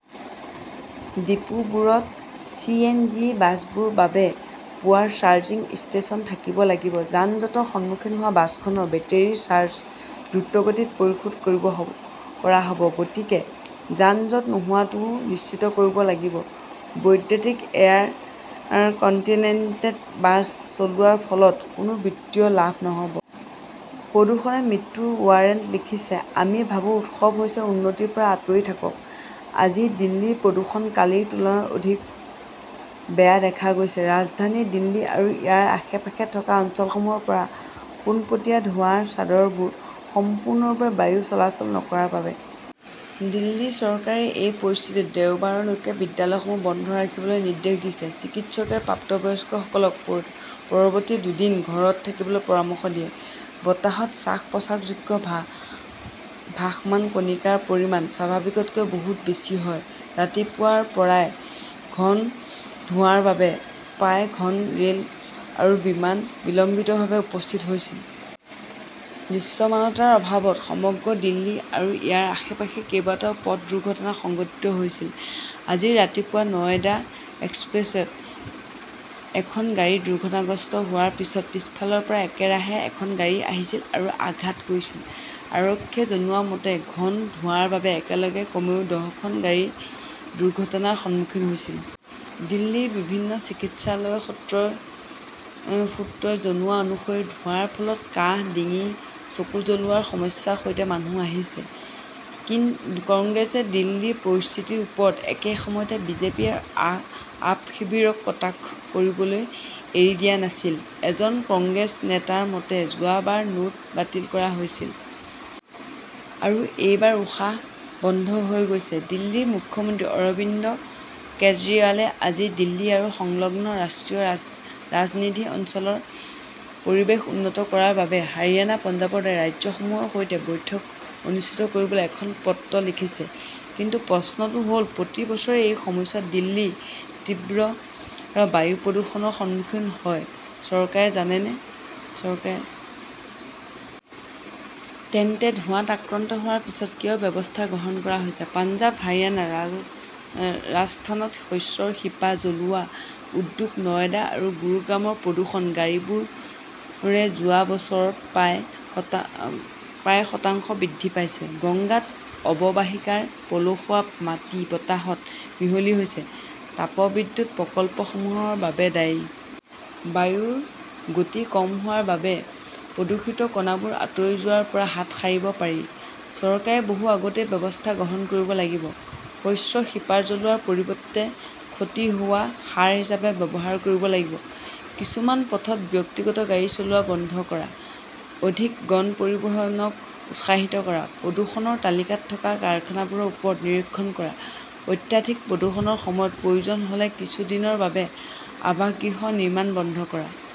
ডিপোবোৰত C. N. G. বাছবোৰ বাবে power charging station থাকিব লাগিব, যান-জঁটৰ সন্মুখীন হোৱা বাছখনৰ বেটাৰীৰ চাৰ্জ দ্ৰুতগতিত পৰিশোধ কৰা হ ব। গতিকে যান-জঁট নোহোৱাটোও নিশ্চিত কৰিব লাগিব। বৈদ্যুতিক এয়াৰ-কণ্টিনেণ্টেড বাছ চলোৱাৰ ফলত কোনো বিত্তীয় লাভ নহব। প্ৰদূষণে মৃত্যুৰ ৱাৰেণ্ট লিখিছে, আমি ভাবো উৎসৱ হৈছে উন্নতিৰ পৰা আঁতৰি থাকক, আজি দিল্লীৰ প্ৰদূষণ কালিৰ তুলনাত অধিক বেয়া দেখা গৈছে। ৰাজধানী দিল্লী আৰু ইয়াৰ আশে-পাশে থকা অঞ্চলসমূহৰ পৰা পোনপটীয়া ধোঁৱাৰ চাদৰবোৰ সম্পূৰ্ণৰূপে বায়ু চলাচল নকৰাৰ বাবে। দিল্লী চৰকাৰে এই পৰিস্থিতিত দেওবাৰলৈকে বিদ্যালয়সমূহ বন্ধ ৰাখিবলৈ নিৰ্দেশ দিছে। চিকিৎসকে প্ৰাপ্তবয়স্কসকলক পৰৱৰ্তী দুদিন ঘৰত থাকিবলৈ পৰামৰ্শ দিয়ে। বতাহত শ্বাস-প্ৰশ্বাসযোগ্য ভাসমান কণিকাৰ পৰিমাণ স্বাভাৱিকতকৈ বহু বেছি হয়। ৰাতিপুৱাৰ পৰাই ঘন ধোঁৱাৰ বাবে প্ৰায় খন ৰেল আৰু বিমান বিলম্বিতভাৱে উপস্থিত হৈছিল। দৃশ্যমানতাৰ অভাৱত সমগ্ৰ দিল্লী আৰু ইয়াৰ আশে-পাশে কেইবাটাও পথ দুৰ্ঘটনা সংঘটিত হৈছিল। আজি ৰাতিপুৱা নয়ডা এক্সপ্ৰেছৱেত এখন গাড়ী দুৰ্ঘটনাগ্ৰস্ত হোৱাৰ পিছত পিছফালৰ পৰা একেৰাহে এখন গাড়ী আহিছিল আৰু আঘাত কৰিছিল। আৰক্ষীয়ে জনোৱা মতে, ঘন ধোঁৱাৰ বাবে একেলগে কমেও দহখন গাড়ী দুৰ্ঘটনাৰ সন্মুখীন হৈছিল। দিল্লীৰ বিভিন্ন চিকিৎসালয়ৰ সূত্ৰই জনোৱা অনুসৰি ধোঁৱাৰ ফলত কাহ, ডিঙি, চকু জ্বলোৱাৰ সমস্যাৰ সৈতে মানুহ আহিছে। কংগ্ৰেছে দিল্লীৰ পৰিস্থিতিৰ ওপৰত একে সময়তে বিজেপি আৰু আপ শিবিৰক কটাক্ষ কৰিবলৈ এৰি দিয়া নাছিল। এজন কংগ্ৰেছ নেতাৰ মতে, যোৱা বাৰ নোট বাতিল কৰা হৈছিল। আৰু এইবাৰ উশাহ বন্ধ হৈ গৈছে। দিল্লীৰ মুখ্যমন্ত্ৰী অৰবিন্দ কেজৰিৱালে আজি দিল্লী আৰু সংলগ্ন ৰাষ্ট্ৰীয় ৰাজধানী অঞ্চলৰ পৰিৱেশ উন্নত কৰাৰ বাবে হাৰিয়ানা-পঞ্জাৱৰ দৰে ৰাজ্যসমূহৰ সৈতে বৈঠক অনুষ্ঠিত কৰিবলৈ এখন পত্ৰ লিখিছে। কিন্তু প্ৰশ্নটো হ 'ল, প্ৰতি বছৰে এই সময়ছোৱাত দিল্লী তীব্ৰ বায়ু প্ৰদূষণৰ সন্মুখীন হয়, চৰকাৰে জানে। তেন্তে ধোঁৱাত আক্ৰান্ত হোৱাৰ পিছত কিয় ব্যৱস্থা গ্ৰহণ কৰা হৈছে? পঞ্জাৱ, হাৰিয়ানা, ৰাজস্থানত শস্যৰ শিপা জ্বলোৱা; উদ্যোগ, নয়ডা আৰু গুৰুগ্ৰামৰ প্ৰদূষণ, গাড়ীবোৰে যোৱা বছৰত প্ৰায় শতাংশ বৃদ্ধি পাইছে। গংগাত অৱবাহিকাৰ পলসুৱা মাটি বতাহত মিহলি হৈছে, তাপবিদ্যুৎ প্ৰকল্পসমূহৰ বাবে দায়ী। বায়ুৰ গতি কম হোৱাৰ বাবে প্ৰদূষিত কণাবোৰ আঁতৰি যোৱাৰ পৰা হাত সাৰিব পাৰি। চৰকাৰে বহু আগতেই ব্যৱস্থা গ্ৰহণ কৰিব লাগিব। শস্যৰ শিপা জ্বলোৱাৰ পৰিৱৰ্তে ক্ষয় হোৱা সাৰ হিচাপে ব্যৱহাৰ কৰিব লাগিব। কিছুমান পথত ব্যক্তিগত গাড়ী চলোৱা বন্ধ কৰা; অধিক গণ পৰিবহণক উৎসাহিত কৰা; প্ৰদূষণৰ তালিকাত থকা কাৰখানাবোৰৰ ওপৰত নিৰীক্ষণ কৰা; অত্যাধিক প্ৰদূষণৰ সময়ত প্ৰয়োজন হ 'লে কিছু দিনৰ বাবে আৱাসগৃহ নিৰ্মাণ বন্ধ কৰা।